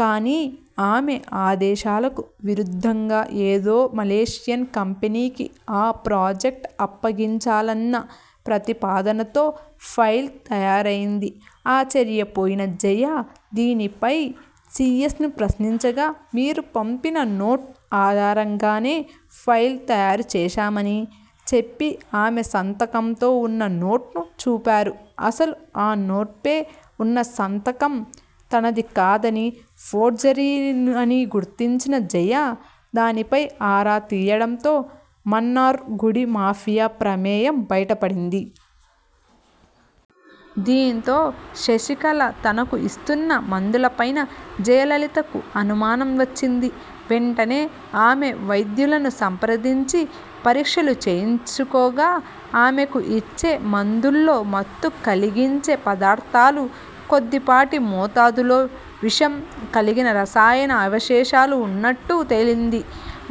కానీ ఆమె ఆదేశాలకు విరుద్ధంగా ఏదో మలేషియన్ కంపెనీకి ఆ ప్రాజెక్టు అప్పగించాలన్న ప్రతిపాదనతో ఫైల్ తయారైంది. ఆశ్చర్యపోయిన జయ దీనిపై సీఎస్ను ప్రశ్నించగా 'మీరు పంపిన నోట్ ఆధారంగానే ఫైల్ తయారు చేశామ'ని చెప్పి, ఆమె సంతకంతో ఉన్న నోట్ను చూపారు. అసలు ఆ నోట్పై ఉన్న సంతకం తనదికాదని, ఫోర్జరీ అని గుర్తించిన జయ దానిపై ఆరా తీయడంతో మన్నార్ గుడి మాఫియా ప్రమేయం బయటపడింది. దీంతో శశికళ తనకు ఇస్తున్న మందులపైనా జయలలితకు అనుమానం వచ్చింది. వెంటనే ఆమె వైద్యులను సంప్రదించి పరీక్షలు చేయించుకోగా ఆమెకు ఇచ్చే మందుల్లో మత్తు కలిగించే పదార్థాలు, కొద్దిపాటి మోతాదులో విషం కలిగిన రసాయన అవశేషాలు ఉన్నట్టు తేలింది.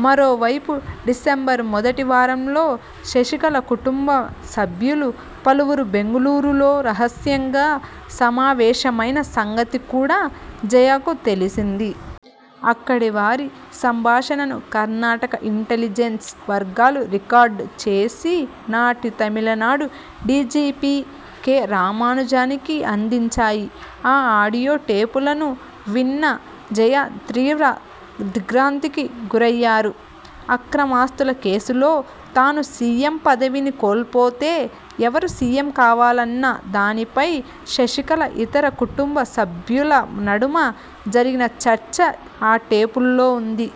మరోవైపు డిసెంబరు మొదటి వారంలో శశికళ కుటుంబ సభ్యులు పలువురు బెంగళూరులో రహస్యంగా సమావేశమైన సంగతి కూడా జయకు తెలిసింది. అక్కడ వారి సంభాషణను కర్ణాటక ఇంటెలిజెన్స్ వర్గాలు రికార్డు చేసి నాటి తమిళనాడు డీజీపీ కె. రామానుజానికి అందించాయి. ఆ ఆడియో టేపులను విన్న జయ తీవ్ర దిగ్ర్భాంతికి గురయ్యారు. అక్రమాస్తుల కేసులో తాను సీఎం పదవిని కోల్పోతే, ఎవరు సీఎం కావాలన్న దానిపై శశికళ, ఇతర కుటుంబ సభ్యుల నడుమ జరిగిన చర్చ ఆ టేపుల్లో ఉంది.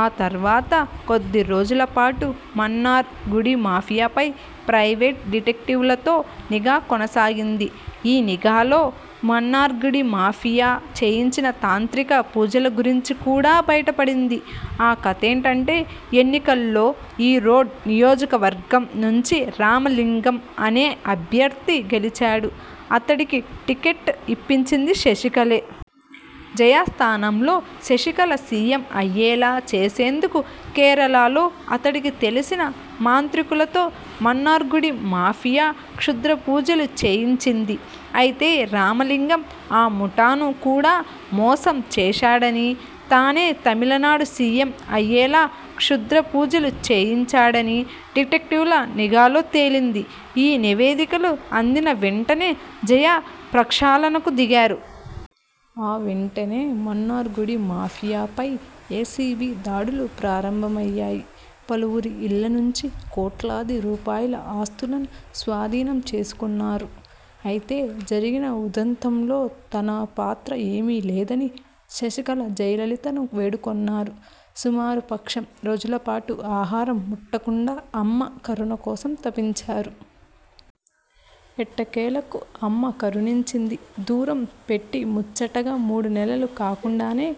ఆ తర్వాత కొద్ది రోజులపాటు మన్నార్ గుడి మాఫియాపై ప్రైవేటు డిటెక్టివ్లతో నిఘా కొనసాగింది. ఈ నిఘాలో మన్నార్గుడి మాఫియా చేయించిన తాంత్రిక పూజల గురించి కూడా బయటపడింది. ఆ కథేంటంటే ఎన్నికల్లో ఈరోడ్ నియోజకవర్గం నుంచి రామలింగం అనే అభ్యర్థి గెలిచాడు. అతడికి టిక్కెట్టు ఇప్పించింది శశికళే. జయ స్థానంలో శశికళ సీఎం అయ్యేలా చేసేందుకు కేరళలో అతడికి తెలిసిన మాంత్రికులతో మన్నార్గుడి మాఫియా క్షుద్రపూజలు చేయించింది. అయితే రామలింగం ఆ ముఠాను కూడా మోసం చేశాడని, తానే తమిళనాడు సీఎం అయ్యేలా క్షుద్రపూజలు చేయించాడని డిటెక్టివ్ల నిఘాలో తేలింది. ఈ నివేదికలు అందిన వెంటనే జయ ప్రక్షాళనకు దిగారు. ఆ వెంటనే మన్నార్ గుడి మాఫియాపై ఏసీబీ దాడులు ప్రారంభమయ్యాయి. పలువురి ఇళ్ల నుంచి కోట్లాది రూపాయల ఆస్తులను స్వాధీనం చేసుకొన్నారు. అయితే, జరిగిన ఉదంతంలో తన పాత్ర ఏమీ లేదని శశికళ జయలలితను వేడుకొన్నారు. సుమారు పక్షం రోజులపాటు ఆహారం ముట్టకుండా అమ్మ కరుణ కోసం తపించారు. ఎట్టకేలకు అమ్మ కరుణించింది. దూరం పెట్టి ముచ్చటగా మూడనెలలు కాకుండానే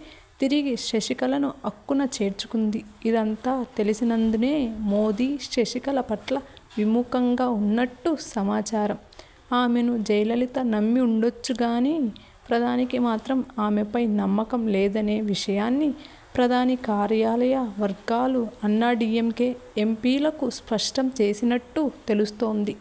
తిరిగి శశికళను అక్కున చేర్చుకుంది. ఇదంతా తెలిసినందునే మోదీ శశికళ పట్ల విముఖంగా ఉన్నట్టు సమాచారం. ఆమెను జయలలిత నమ్మి ఉండొచ్చుగానీ ప్రధానికి మాత్రం ఆమెపై నమ్మకం లేదనే విషయాన్ని ప్రధాని కార్యాలయ వర్గాలు అన్నాడీఎంకే ఎంపీలకు స్పష్టం చేసినట్టు తెలుస్తోంది.